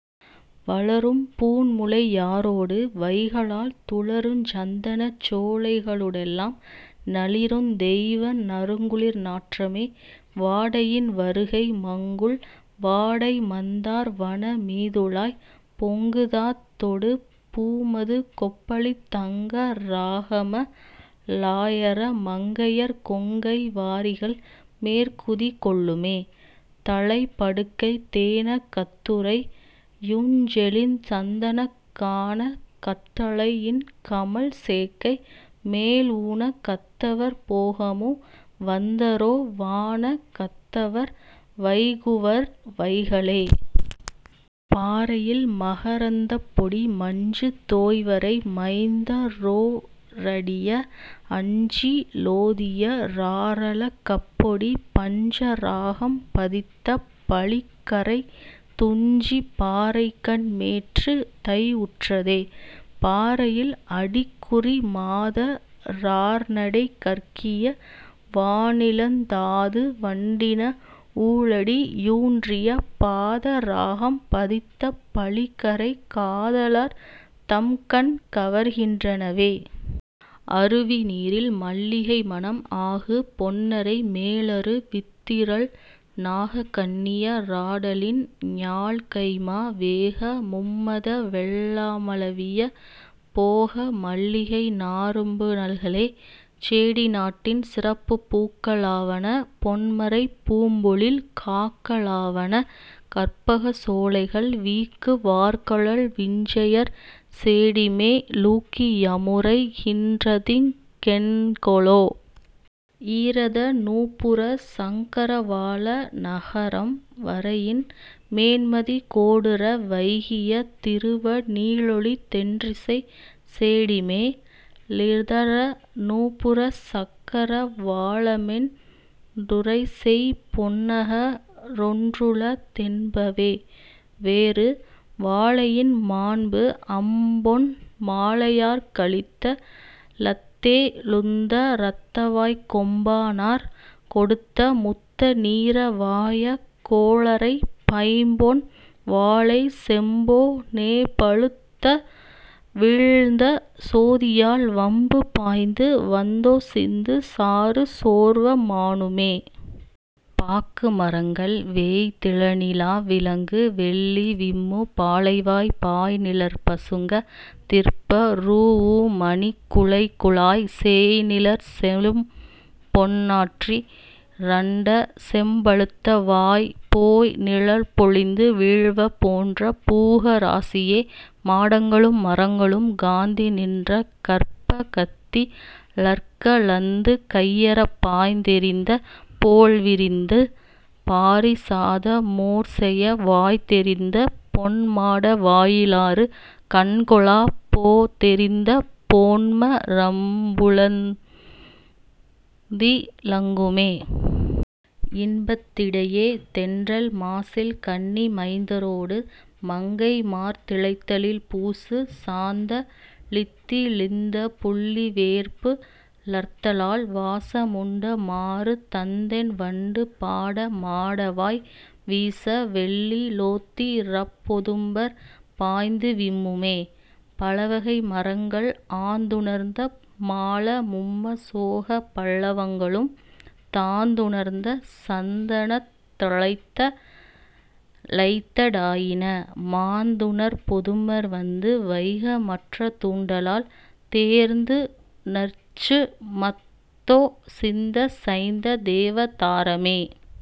வளரும் பூண்முலை யாரொடு வைகலால் துளருஞ் சந்தனச் சோலைக ளூடெலாம் நளிருந் தெய்வ நறுங்குளிர் நாற்றமே. வாடையின் வருகை மங்குல் வாடைமந் தார்வன மீதுழாய்ப் பொங்கு தாதொடு பூமதுக் கொப்பளித் தங்க ராகம ளாயர மங்கையர் கொங்கை வாரிகள் மேற்குதி கொள்ளுமே. தழைப் படுக்கை தேன கத்துறை யுஞ்செழுஞ் சந்தனக் கான கத்தழை யின்கமழ் சேக்கை மேல் ஊன கத்தவர் போகமு வந்தரோ வான கத்தவர் வைகுவர் வைகலே. பாறையில் மகரந்தப்பொடி மஞ்சு தோய்வரை மைந்தரொ டடிய அஞ்சி லோதிய ராரள கப்பொடி பஞ்ச ராகம்ப தித்தப ளிக்கறைத் துஞ்சு பாறைகண் மேற்று தை வுற்றதே. பாறையில் அடிக்குறி மாத ரார்நடை கற்கிய வானிழந் தாது வண்டுண வூழடி யூன்றிய பாத ராகம்ப தித்தப ளிக்கறை காத லார்தம் கண்கவர் கின்றவே. அருவிநீரில் மல்லிகை மணம் ஆகு பொன்னறை மேலரு வித்திரள் நாக கன்னிய ராடலின் ஞால்கைம்மா வேக மும்மத வெள்ளம ளாவிய போக மல்லிகை நாறும்பு னல்களே. சேடி நாட்டின் சிறப்பு பூக்க ளாவன பொன்மரை பூம்பொழில் காக்க ளாவன கற்பகச் சோலைகள் வீக்கு வார்கழல் விஞ்சையர் சேடிமே லூக்கி யமுரைக் கின்றதிங் கென்கொலோ. இரதநூபுரச் சக்கரவாள நகரம் வரையின் மேன்மதி கோடுற வைகிய திருவ நீளொளித் தென்றிசைச் சேடிமே லிரத நூபுரச் சக்கர வாளமென் றுரைசெய் பொன்னக ரொன்றுள தென்பவே. வேறு -- வாழையின் மாண்பு அம்பொன் மாலையார்க ளித்த லத்தெ ழுந்த ரத்தவாய்க் கொம்பா னார் கொடுத்த முத்த நீர வாய கோழரைப் பைம்பொன் வாழை செம்பொ னேப ழுத்து வீழ்ந்த சோதியால் வம்பு பாய்ந்து வந்தொ சிந்து சாறு சோர்வ மானுமே. பாக்கு மரங்கள் வேய்தி ழன்னி லாவி லங்கு வெள்ளி விம்மு பாளைவாய்ப் பாய்நி ழற்ப சுங்க திர்ப்ப ரூஉம ணிக்கு லைகுலாய்ச் சேய்நி ழற்செ ழும்பொ னாற்றி ரண்ட செம்ப ழத்தவாய்ப் போய்நி ழற்பொ லிந்து வீழ்வ போன்ற பூக ராசியே. மாடங்களும் மரங்களும் காந்தி நின்ற கற்ப கந்தி ழற்க லந்து கையறப் பாய்ந்தெ ரிந்த போல்வி ரிந்து பாரி சாத மோர்செய வாய்ந்தெ ரிந்த பொன் மாட வாயி லாறு கண்கொளப் போந்தெ ரிந்த போன்ம ரம்பு றம்பொ லிந்தி லங்குமே. இன்பத்திடையே தென்றல் மாசில் கண்ணி மைந்த ரோடு மங்கை மார்தி ளைத்தலில் பூசு சாந்த ழித்தி ழிந்த புள்ளி வேர்பு லர்த்தலால் வாச முண்ட மாரு தந்தென் வண்டு பாட மாடவாய் வீச வெள்ளி லோத்தி ரப்பொ தும்பர் பாய்ந்து விம்முமே. பலவகை மரங்கள் ஆந்து ணர்த்த மால மும்ம சோக பல்ல வங்களும் தாந்து ணர்த்த சந்த னத்த ழைத்த லைத்த டாயின மாந்து ணர்ப்பொ தும்பர் வந்து வைக மற்ற தூன்றலால் தேந்து ணர்ச்சு மந்தொ சிந்த சைந்த தேவ தாரமே.